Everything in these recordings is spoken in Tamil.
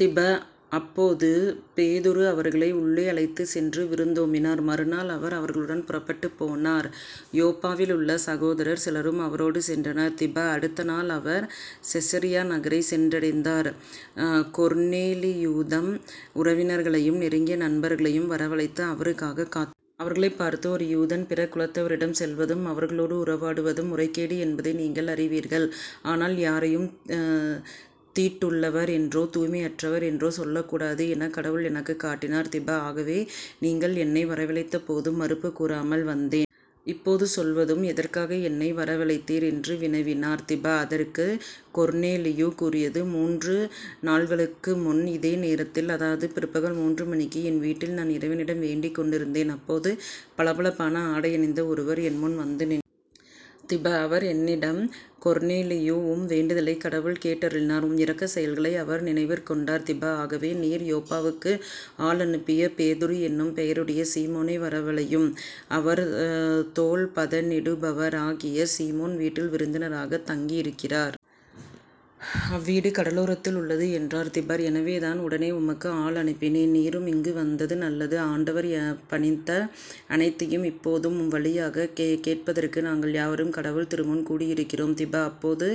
திப. அப்போது பேதுரு அவர்களை உள்ளே அழைத்துச் சென்று விருந்தோம்பினார். மறுநாள் அவர் அவர்களுடன் புறப்பட்டுப் போனார். யோப்பாவிலுள்ள சகோதரர் சிலரும் அவரோடு சென்றனர். திப. அடுத்த நாள் அவர் செசரியா நகரைச் சென்றடைந்தார். கொர்னேலியு தம் உறவினர்களையும் நெருங்கிய நண்பர்களையும் வரவழைத்து அவருக்காகக் காத்துக் கொண்டிருந்தார். அவர்களைப் பார்த்து " ஒரு யூதன் பிற குலத்தவரிடம் செல்வதும், அவர்களோடு உறவாடுவதும் முறைகேடு என்பதை நீங்கள் அறிவீர்கள். ஆனால் யாரையும் தீட்டுள்ளவர் என்றோ தூய்மையற்றவர் என்றோ சொல்லக்கூடாது எனக் கடவுள் எனக்குக் காட்டினார். திப. ஆகவே நீங்கள் என்னை வரவழைத்தபோது மறுப்புக் கூறாமல் வந்தேன். இப்போது சொல்வதும் எதற்காக என்னை வரவழைத்தீர்? என்று வினவினார். திப. அதற்கு கொர்னேலியு கூறியது " மூன்று நாள்களுக்குமுன் இதே நேரத்தில் அதாவது பிற்பகல் மூன்று மணிக்கு என் வீட்டில் நான் இறைவனிடம் வேண்டிக் கொண்டிருந்தேன். அப்போது பளபளப்பான ஆடையணிந்த ஒருவர் என்முன் வந்து நின்றார். திப. அவர் என்னிடம் " கொர்னேலியு உம் வேண்டுதலைக் கடவுள் கேட்டருளினார். உம் இரக்கச் செயல்களை அவர் நினைவிற் கொண்டார். திப. ஆகவே நீர் யோப்பாவுக்கு ஆள் அனுப்பிப் பேதுரு என்னும் பெயருடைய சீமோனை வரவழையும். அவர் தோல் பதனிடுபவராகிய சீமோன் வீட்டில் விருந்தினராகத் தங்கியிருக்கிறார். அவ்வீடு கடலோரத்தில் உள்ளது " என்றார். திப. எனவேதான் உடனே உமக்கு ஆள் அனுப்பினேன். நீரும் இங்கு வந்தது நல்லது. ஆண்டவர் பணித்த அனைத்தையும் இப்போதும் உம் வழியாகக் கேட்பதற்கு நாங்கள் யாவரும் கடவுள் திருமுன் கூடியிருக்கிறோம். " திப. அப்போது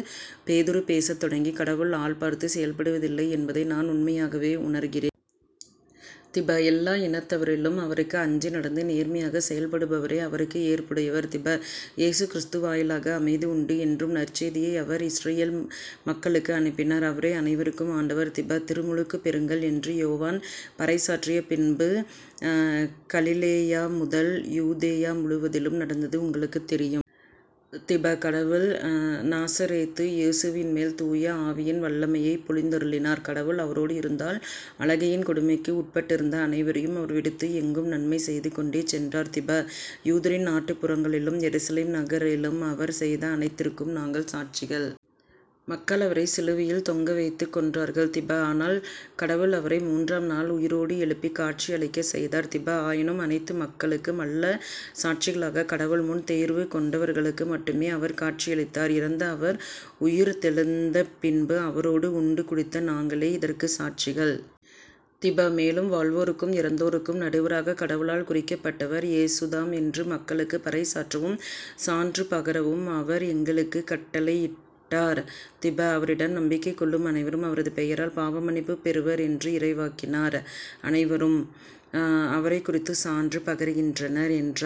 பேதுரு பேசத் தொடங்கி " கடவுள் ஆள் பார்த்துச் செயல்படுவதில்லை என்பதை நான் உண்மையாகவே உணர்கிறேன். திப. எல்லா இனத்தவரிலும் அவருக்கு அஞ்சி நடந்து நேர்மையாகச் செயல்படுபவரே அவருக்கு ஏற்புடையவர். திப. இயேசு கிறிஸ்து வாயிலாக அமைதி உண்டு என்றும் நற்செய்தியை அவர் இஸ்ரயேல் மக்களுக்கு அனுப்பினார். அவரே அனைவருக்கும் ஆண்டவர். திப. திருமுழுக்குப் பெறுங்கள் என்று யோவான் பறைசாற்றியபின்பு கலிலேயாமுதல் யூதேயா முழுவதிலும் நடந்தது உங்களுக்குத் தெரியும். திப. கடவுள் நாசரேத்து இயேசுவின்மேல் தூய ஆவியின் வல்லமையைப் பொழிந்தருளினார். கடவுள் அவரோடு இருந்தால் அலகையின் கொடுமைக்கு உட்பட்டிருந்த அனைவரையும் அவர் விடுவித்து எங்கும் நன்மை செய்து கொண்டே சென்றார். திப. யூதரின் நாட்டுப் புறங்களிலும் எருசலேம் நகரிலும் அவர் செய்த அனைத்திற்கும் நாங்கள் சாட்சிகள். மக்கள் அவரைச் சிலுவையில் தொங்கவைத்துக் கொன்றார்கள். திப. ஆனால் கடவுள் அவரை மூன்றாம் நாள் உயிரோடு எழுப்பிக் காட்சி அளிக்கச் செய்தார். திப. ஆயினும் அனைத்து மக்களுக்கு மல்ல சாட்சிகளாகக் கடவுள் முன் தேர்ந்துகொண்டவர்களுக்கு மட்டுமே அவர் காட்சியளித்தார். இறந்த அவர் உயிர்த்தெழுந்தபின்பு அவரோடு உண்டு குடித்த நாங்களே இதற்குச் சாட்சிகள். திப. மேலும் வாழ்வோருக்கும் இறந்தோருக்கும் நடுவராகக் கடவுளால் குறிக்கப்பட்டவர் இயேசுதாம் என்று மக்களுக்குப் பறைசாற்றவும், சான்று பகரவும் அவர் எங்களுக்குக் கட்டளையிட்டார். திப. அவரிடம் நம்பிக்கை கொள்ளும் அனைவரும் அவரது பெயரால் பாவமன்னிப்புப் பெறுவர் என்று இறைவாக்கினர் அனைவரும் அவரைக்குறித்துச் சான்று பகர்கின்றனர் " என்றார்.